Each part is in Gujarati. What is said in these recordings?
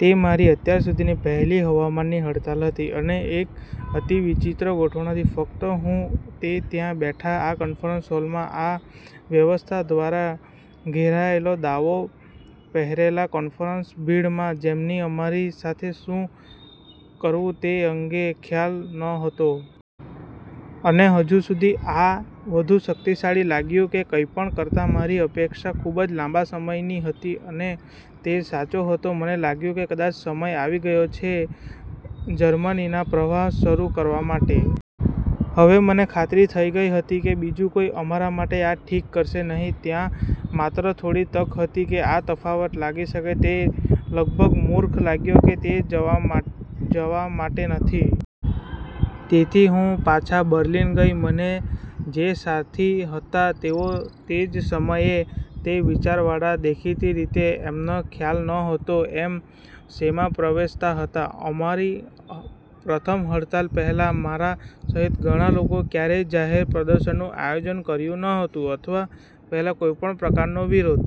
તે મારી અત્યાર સુધીની પહેલી હવામાનની હડતાલ હતી અને એક અતિ વિચિત્ર ગોઠવણ હતી. ફક્ત હું અને તે ત્યાં બેઠા આ કોન્ફરન્સ હોલમાં. આ વ્યવસ્થા દ્વારા ઘેરાયેલા દાવો પહેરેલા કોન્ફરન્સ ભીડમાં જેમને અમારી સાથે શું કરવું તે અંગે કોઈ ખ્યાલ નહોતો. અને હજુ સુધી આ વધુ શક્તિશાળી લાગ્યું કે કંઈપણ કરતાં મારી અપેક્ષા ખૂબ લાંબા સમયની હતી. અને તે સાચો હતો મને લાગ્યું કે કદાચ સમય આવી ગયો છે જર્મનીમાં પ્રહાર શરૂ કરવા માટે. હવે મને ખાતરી થઈ ગઈ હતી કે બીજું કોઈ અમારા માટે આ ઠીક કરશે નહી અને ત્યાં માત્ર થોડી તક હતી કે આ તફાવત લાવી શકે. તે લગભગ મૂર્ખ લાગ્યું કે ત્યાં જવા માટે નથી. તેથી હું પાછા બર્લિન ગઈ. મને જે સાથી હતા તે તે જ સમયે તે જ વિચારવાળા. દેખીતી રીતે, અમને કોઈ ખ્યાલ નહોતો અમે શેમાં પ્રવેશતા હતા. અમારી પ્રથમ હડતાલ પહેલાં મારા સહિત ઘણા લોકોએ ક્યારેય જાહેર પ્રદર્શનનું આયોજન કર્યું ન હતું અથવા પહેલા કોઈપણ પ્રકારનો વિરોધ.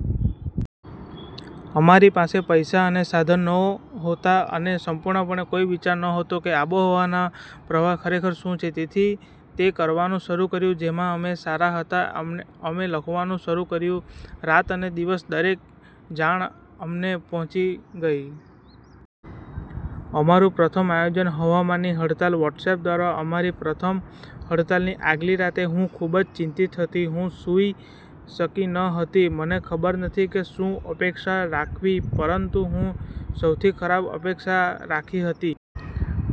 અમારી પાસે પૈસા અને સાધન નહોતા અને સંપૂર્ણપણે કોઈ વિચાર ન હતો કે આબોહવા પ્રહાર ખરેખર શું છે. તેથી અમે તે કરવાનું શરૂ કર્યું જેમાં અમે સારા હતા. અમે લખવાનું શરૂ કર્યું. રાત અને દિવસ દરેક જણ અમે પહોંચી ગયા. અમારુ પ્રથમ આયોજન હવામાન હડતાલ વોટ્સએપ દ્વારા અમારી પ્રથમ હડતાલની આગલી રાત હું ખૂબ ચિંતિંત હતી. હું સૂઈ શકી ન હતી. મને ખબર નથી કે શું અપેક્ષા રાખવી પરંતુ હું સૌથી ખરાબ અપેક્ષા રાખતી હતી.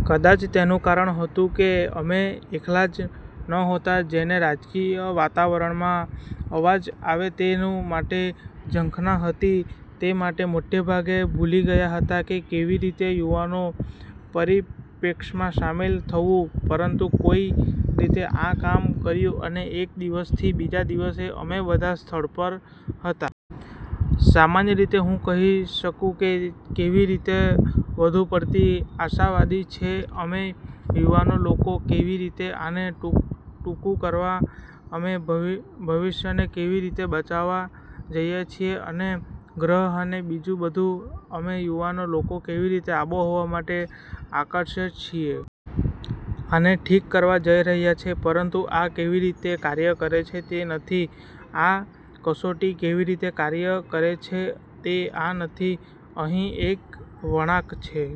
કદાચ તેનુ કારણ હતું કે અમે એકલા જ નહોતા જેને રાજકીય વાતાવરણમાં અવાજ આવે તે માટે ઝંખના હતી. તે મોટે ભાગે ભૂલી ગયા હતા કે કેવી રીતે યુવાનોના પરિપ્રેક્ષ્યમાં શામેલ થવું. પરંતુ કોઈક રીતે આ કામ કર્યું અને એક દિવસથી બીજા દિવસે અમે બધા સ્થળ પર હતા. સામાન્ય રીતે, હું કહીશ કે તે કેવી રીતે વધુ પડતી આશાવાદી છે. અમે યુવાન લોકો કેવી રીતે આને ટૂંકુ કરવા અમે ભવિષ્યને કેવી રીતે બચાવવા જઈએ છીએ અને ગ્રહ અને બીજું બધું. અમે યુવાન લોકો કેવી રીતે આબોહવા માટે આકર્ષક છીએ. આને ઠીક કરવા જઈ રહ્યા છે. પરંતુ આ તે કેવી રીતે કાર્ય કરે છે તે નથી. આ કટોકટી કેવી રીતે કાર્ય કરે છે તે આ નથી. અહીં એક વળાંક છે.